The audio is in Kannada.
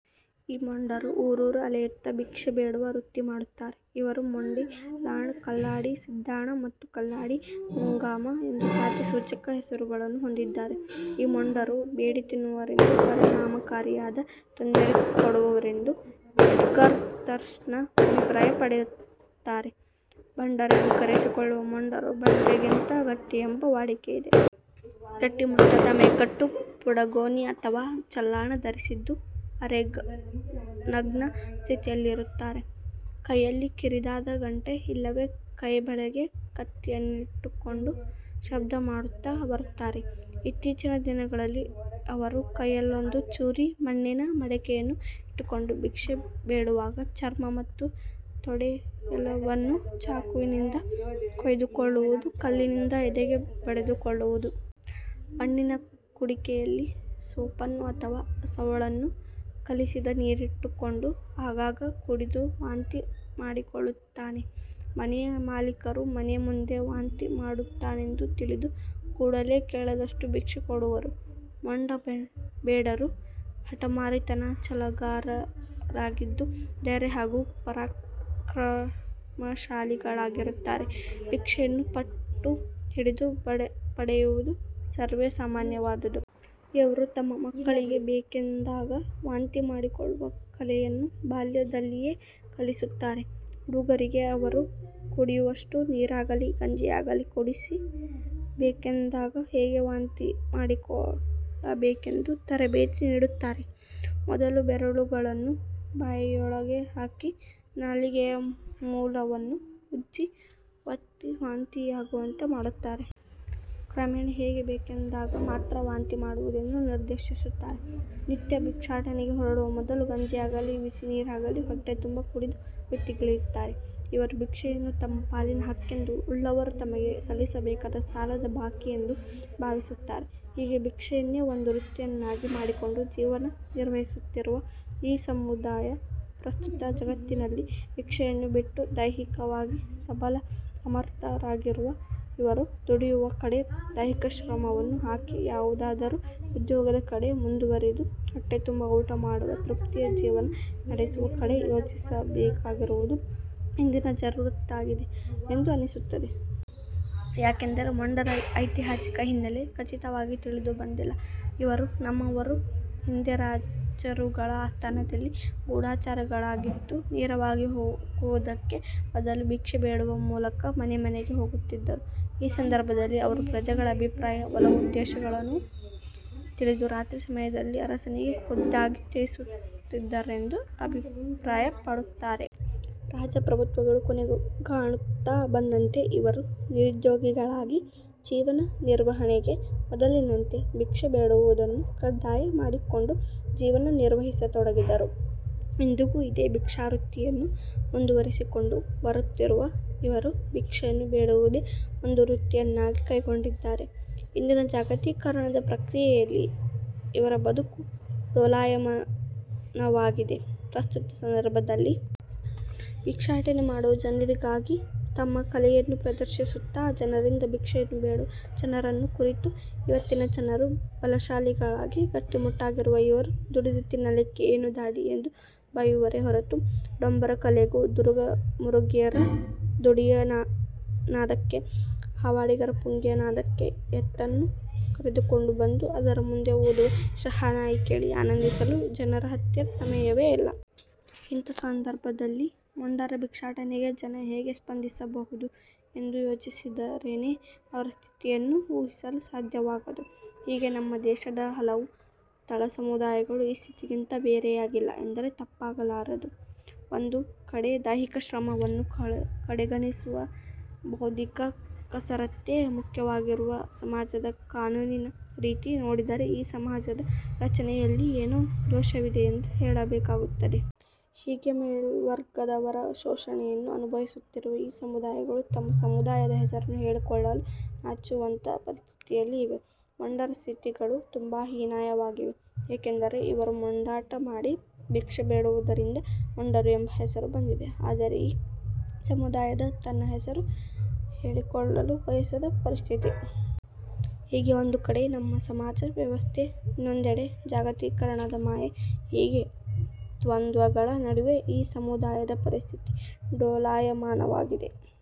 ಈ ಮೊಂಡರು ಊರೂರು ಅಲೆಯುತ್ತ ಭಿಕ್ಷೆ ಬೇಡುವ ವೃತ್ತಿ ಮಾಡುತ್ತಾರೆ. ಇವರು ಮೊಂಡಿ, ಲಾಂಡ, ಕಲ್ಲಾಡಿ, ಸಿದ್ದಾಣ ಮತ್ತು ಕಲ್ಲಾಡಿ ಮುಂಗಾಮ ಎಂದೂ ಜಾತಿ ಸೂಚಕ ಹೆಸರುಗಳನ್ನು ಹೊಂದಿದ್ದಾರೆ. "ಈ ಮೊಂಡರು ಬೇಡಿ ತಿನ್ನುವವರೆಂದು ಪರಿಣಾಮಕಾರಿಯಾದ ತೊಂದರೆ ಕೊಡುವವರೆಂದು" ಎಡ್ಗರ್ ಥರ್ಸ್ಟನ್ ಅಭಿಪ್ರಾಯ ಪಡುತ್ತಾರೆ. ಬಂಡರೆಂದು ಕರೆಸಿ ಕೊಳ್ಳುವ ಮೊಂಡರು ಬಂಡೆಗಿಂತ ಗಟ್ಟಿಯೆಂಬ ವಾಡಿಕೆಯಿದೆ. ಗಟ್ಟಿಮುಟ್ಟಾದ ಮೈಕಟ್ಟು ಪುಡಗೋನಿ ಅಥವಾ ಚಲ್ಲಾಣ ಧರಿಸಿದ್ದು ಅರೆನಗ್ನ ಸ್ಥಿತಿಯಲ್ಲಿರುತ್ತಾರೆ. ಕೈಯಲ್ಲಿ ಕಿರಿದಾದ ಗಂಟೆ ಇಲ್ಲವೆ ಕೈಬಳೆಗೆ ಕತ್ತಿಯನ್ನಿಟ್ಟುಕೊಂಡು ಶಬ್ದ ಮಾಡುತ್ತಾ ಬರುತ್ತಾರೆ. ಇತ್ತೀಚಿನ ದಿನಗಳಲ್ಲಿ ಅವರು ಕೈಯಲ್ಲೊಂದು ಚೂರಿ ಮಣ್ಣಿನ ಮಡಕೆಯನ್ನು ಇಟ್ಟುಕೊಂಡು ಭಿಕ್ಷೆ ಬೇಡುವಾಗ ಚರ್ಮ ಮತ್ತು ತೊಡೆ ಎಲುಬನ್ನು ಚಾಕುವಿನಿಂದ ಕೊಯ್ದುಕೊಳ್ಳುವುದು ಕಲ್ಲಿನಿಂದ ಎದೆಗೆ ಬಡಿದುಕೊಳ್ಳುವುದು. ಮಣ್ಣಿನ ಕುಡಿಕೆಯಲ್ಲಿ ಸೋಪನ್ನು ಅಥವಾ ಸೌಳನ್ನು ಕಲಿಸಿದ ನೀರಿಟ್ಟುಕೊಂಡು ಆಗಾಗ ಕುಡಿದು ವಾಂತಿ ಮಾಡಿಕೊಳ್ಳುತ್ತಾನೆ. ಮನೆಯ ಮಾಲಿಕರು ಮನೆ ಮುಂದೆ ವಾಂತಿ ಮಾಡುತ್ತಾನೆಂದು ತಿಳಿದು ಕೂಡಲೇ ಕೇಳಿದಷ್ಟು ಭಿಕ್ಷೆ ಕೊಡುವರು. ಮೊಂಡ ಬೇಡರು ಹಟಮಾರಿತನ, ಛಲಗಾರರಾಗಿದ್ದು, ಧೈರ್ಯ ಹಾಗೂ ಪರಾಕ್ರಮಶಾಲಿಗಳಾಗಿರುತ್ತಾರೆ. ಭಿಕ್ಷೆಯನ್ನು ಪಟ್ಟು ಹಿಡಿದು ಪಡೆಯುವುದು ಸರ್ವೇ ಸಾಮಾನ್ಯವಾದುದು. ಇವರು ತಮ್ಮ ಮಕ್ಕಳಿಗೆ ಬೇಕೆಂದಾಗ ವಾಂತಿ ಮಾಡಿಕೊಳ್ಳುವ ಕಲೆಯನ್ನು ಬಾಲ್ಯ ದಲ್ಲಿಯೇ ಕಲಿಸುತ್ತಾರೆ. ಹುಡುಗರಿಗೆ ಅವರು ಕುಡಿಯುವಷ್ಟು ನೀರಾಗಲಿ, ಗಂಜಿಯಾಗಲಿ ಕುಡಿಸಿ ಬೇಕೆಂದಾಗ ಹೇಗೆ ವಾಂತಿ ಮಾಡಿಕೊಳ್ಳಬೇಕೆಂದು ತರಬೇತಿ ನೀಡುತ್ತಾರೆ. ಮೊದಲು ಬೆರಳುಗಳನ್ನು ಬಾಯಿಯೊಳಕ್ಕೆ ಹಾಕಿ, ನಾಲಿಗೆಯ ಮೂಲವನ್ನು ಉಜ್ಜಿ, ಒತ್ತಿ, ವಾಂತಿ ಯಾಗುವಂತೆ ಮಾಡುತ್ತಾರೆ. ಕ್ರಮೇಣ ಹೇಗೆ ಬೇಕೆಂದಾಗ ಮಾತ್ರ ವಾಂತಿ ಮಾಡುವುದೆಂದು ನಿರ್ದೇಶಿಸುತ್ತಾರೆ. ನಿತ್ಯ ಭಿಕ್ಷಾಟನೆಗೆ ಹೊರಡುವ ಮೊದಲು ಗಂಜಿಯಾಗಲಿ ಬಿಸಿ ನೀರಾಗಲಿ ಹೊಟ್ಟೆ ತುಂಬ ಕುಡಿದು ವೃತ್ತಿಗಿಳಿಯುತ್ತಾರೆ. ಇವರು ಭಿಕ್ಷೆಯನ್ನು ತಮ್ಮ ಪಾಲಿನ ಹಕ್ಕೆಂದು ಉಳ್ಳವರು ತಮಗೆ ಸಲ್ಲಿಸಬೇಕಾದ ಸಾಲದ ಬಾಕಿಯೆಂದು ಭಾವಿಸುತ್ತಾರೆ. ಹೀಗೆ ಭಿಕ್ಷೆಯನ್ನೇ ಒಂದು ವೃತ್ತಿಯನ್ನಾಗಿ ಮಾಡಿಕೊಂಡು ಜೀವನ ನಿರ್ವಹಿಸುತ್ತಿರುವ ಈ ಸಮುದಾಯ ಪ್ರಸ್ತುತ ಜಗತ್ತಿನಲ್ಲಿ ಭಿಕ್ಷೆಯನ್ನು ಬಿಟ್ಟು ದೈಹಿಕವಾಗಿ ಸಬಲ ಸಮರ್ಥ ರಾಗಿರುವ ಇವರು ದುಡಿಯುವ ಕಡೆ ದೈಹಿಕ ಶ್ರಮವನ್ನು ಹಾಕಿ ಯಾವುದಾದರೂ ಉದ್ಯೋಗದ ಕಡೆ ಮುಂದುವರಿದು ಹೊಟ್ಟೆ ತುಂಬ ಊಟ ಮಾಡುವ ತೃಪ್ತಿಯ ಜೀವನ ನಡೆಸುವ ಕಡೆ ಯೋಚಿಸಬೇಕಾಗಿರುವುದು ಇಂದಿನ ಜರೂರತ್ತಾಗಿದೆ ಎಂದು ಅನಿಸುತ್ತದೆ. ಯಾಕೆಂದರೆ ಮೊಂಡರ ಐತಿಹಾಸಿಕ ಹಿನ್ನೆಲೆ ಖಚಿತವಾಗಿ ತಿಳಿದು ಬಂದಿಲ್ಲ ಇವರು "ನಮ್ಮವರು ಹಿಂದೆ ರಾಜರುಗಳ ಆಸ್ಥಾನದಲ್ಲಿ ಗೂಢಾಚಾರಿಗಳಾಗಿದ್ದು ನೇರವಾಗಿ ಹೋಗುವುದಕ್ಕೆ ಬದಲು ಭಿಕ್ಷೆ ಬೇಡುವ ಮೂಲಕ ಮನೆ ಮನೆಗೆ ಹೋಗುತ್ತಿದ್ದರು. ಈ ಸಂದರ್ಭದಲ್ಲಿ ಅವರು ಪ್ರಜೆಗಳ ಅಭಿಪ್ರಾಯ, ಒಲವು ಉದ್ದೇಶಗಳನ್ನು ತಿಳಿದು ರಾತ್ರಿ ಸಮಯದಲ್ಲಿ ಅರಸನಿಗೆ ಖುದ್ದಾಗಿ ತಿಳಿಸುತ್ತಿದ್ದರೆಂದು" ಅಭಿಪ್ರಾಯಪಡುತ್ತಾರೆ. ರಾಜಪ್ರಭುತ್ವಗಳು ಕೊನೆಗಾಣುತ್ತಾ ಬಂದಂತೆ ಇವರು ನಿರುದ್ಯೋಗಿಗಳಾಗಿ ಜೀವನ ನಿರ್ವಹಣೆಗೆ ಮೊದಲಿನಂತೆ ಭಿಕ್ಷೆ ಬೇಡುವುದನ್ನು ಕಡ್ಡಾಯ ಮಾಡಿಕೊಂಡು ಜೀವನ ನಿರ್ವಹಿಸತೊಡಗಿದರು. ಇಂದಿಗೂ ಇದೇ ಭಿಕ್ಷಾವೃತ್ತಿಯನ್ನು ಮುಂದುವರಿಸಿಕೊಂಡು ಬರುತ್ತಿರುವ ಇವರು ಭಿಕ್ಷೆಯನ್ನು ಬೇಡುವುದೇ ಒಂದು ವೃತ್ತಿಯನ್ನಾಗಿ ಕೈಗೊಂಡಿದ್ದಾರೆ. ಇಂದಿನ ಜಾಗತೀಕರಣದ ಪ್ರಕ್ರಿಯೆಯಲ್ಲಿ ಇವರ ಬದುಕು ಡೋಲಾಯಮಾನವಾಗಿದೆ. ಪ್ರಸ್ತುತ ಸಂದರ್ಭದಲ್ಲಿ ಭಿಕ್ಷಾಟನೆ ಮಾಡುವ ಜನರಿಗಾಗಲಿ ತಮ್ಮ ಕಲೆಯನ್ನು ಪ್ರದರ್ಶಿಸುತ್ತಾ ಜನರಿಂದ ಭಿಕ್ಷೆಯನ್ನು ಬೇಡುವ ಜನರನ್ನು ಕುರಿತು ಇವತ್ತಿನ ಜನರು ಬಲಶಾಲಿಗಳಾಗಿ ಗಟ್ಟಿಮುಟ್ಟಾಗಿರುವ ಇವರು ದುಡಿದು ತಿನ್ನಲಿಕ್ಕೆ ಏನು ಧಾಡಿ ಎಂದು ಬೈಯುವರೆ ಹೊರತು ಡೊಂಬರ ಕಲೆಗೂ, ದುರುಗು ಮುರುಗಿಯರ ದುಡಿಯ ನಾದಕ್ಕೆ, ಹಾವಾಡಿಗರ ಪುಂಗಿಯ ನಾದಕ್ಕೆ ಎತ್ತನ್ನು ಕರೆದುಕೊಂಡು ಬಂದು ಅದರ ಮುಂದೆ ಊದುವ ಶಹನಾಯಿ ಕೇಳಿ ಆನಂದಿಸಲು ಜನರ ಹತ್ತಿರ ಸಮಯವೇ ಇಲ್ಲ. ಇಂಥ ಸಂದರ್ಭದಲ್ಲಿ ಮೊಂಡರ ಭಿಕ್ಷಾಟನೆಗೆ ಜನ ಹೇಗೆ ಸ್ಪಂದಿಸಬಹುದು ಎಂದು ಯೋಚಿಸಿದರೇನೆ ಅವರ ಸ್ಥಿತಿಯನ್ನು ಊಹಿಸಲು ಸಾಧ್ಯವಾಗದು. ಹೀಗೆ ನಮ್ಮ ದೇಶದ ಹಲವು ತಳಸಮುದಾಯಗಳು ಈ ಸ್ಥಿತಿಗಿಂತ ಬೇರೆಯಾಗಿಲ್ಲ ಎಂದರೆ ತಪ್ಪಾಗಲಾರದು. ಒಂದು ಕಡೆ ದೈಹಿಕ ಶ್ರಮವನ್ನು ಕಡೆಗಣಿಸುವ ಬೌದ್ದಿಕ ಕಸರತ್ತೆ ಮುಖ್ಯವಾಗಿರುವ ಸಮಾಜದ ಕಾನೂನಿನ ರೀತಿ ನೋಡಿದರೆ ಈ ಸಮಾಜದ ರಚನೆಯಲ್ಲೇ ಏನೋ ದೋಷವಿದೆ ಎಂದು ಹೇಳಬೇಕಾಗುತ್ತದೆ. ಹೀಗೆ ಮೇಲ್ವರ್ಗದವರ ಶೋಷಣೆಯನ್ನು ಅನುಭವಿಸುತ್ತಿರುವ ಈ ಸಮುದಾಯಗಳು ತಮ್ಮ ಸಮುದಾಯದ ಹೆಸರನ್ನು ಹೇಳಿಕೊಳ್ಳಲು ನಾಚುವಂತ ಪರಿಸ್ಥಿತಿಯಲ್ಲಿ ಇವೆ. ಮೊಂಡರ ಸ್ಥಿತಿಗಳು ತುಂಬಾ ಹೀನಾಯವಾಗಿವೆ. ಏಕೆಂದರೆ ಇವರು ಮೊಂಡಾಟ ಮಾಡಿ ಭಿಕ್ಷೆ ಬೇಡುವುದರಿಂದ ಮೊಂಡರು ಎಂಬ ಹೆಸರು ಬಂದಿದೆ. ಆದರೆ ಈ ಸಮುದಾಯ ತನ್ನ ಹೆಸರು ಹೇಳಿಕೊಳ್ಳಲು ಬಯಸದ ಪರಿಸ್ಥಿತಿ. ಹೀಗೆ ಒಂದು ಕಡೆ ನಮ್ಮ ಸಮಾಜ ವ್ಯವಸ್ಥೆ ಇನ್ನೊಂದೆಡೆ ಜಾಗತೀಕರಣದ ಮಾಯೆ, ಹೀಗೆ ದ್ವಂದ್ವಗಳ ನಡುವೆ ಈ ಸಮುದಾಯದ ಪರಿಸ್ಥಿತಿ ಡೋಲಾಯಮಾನವಾಗಿದೆ.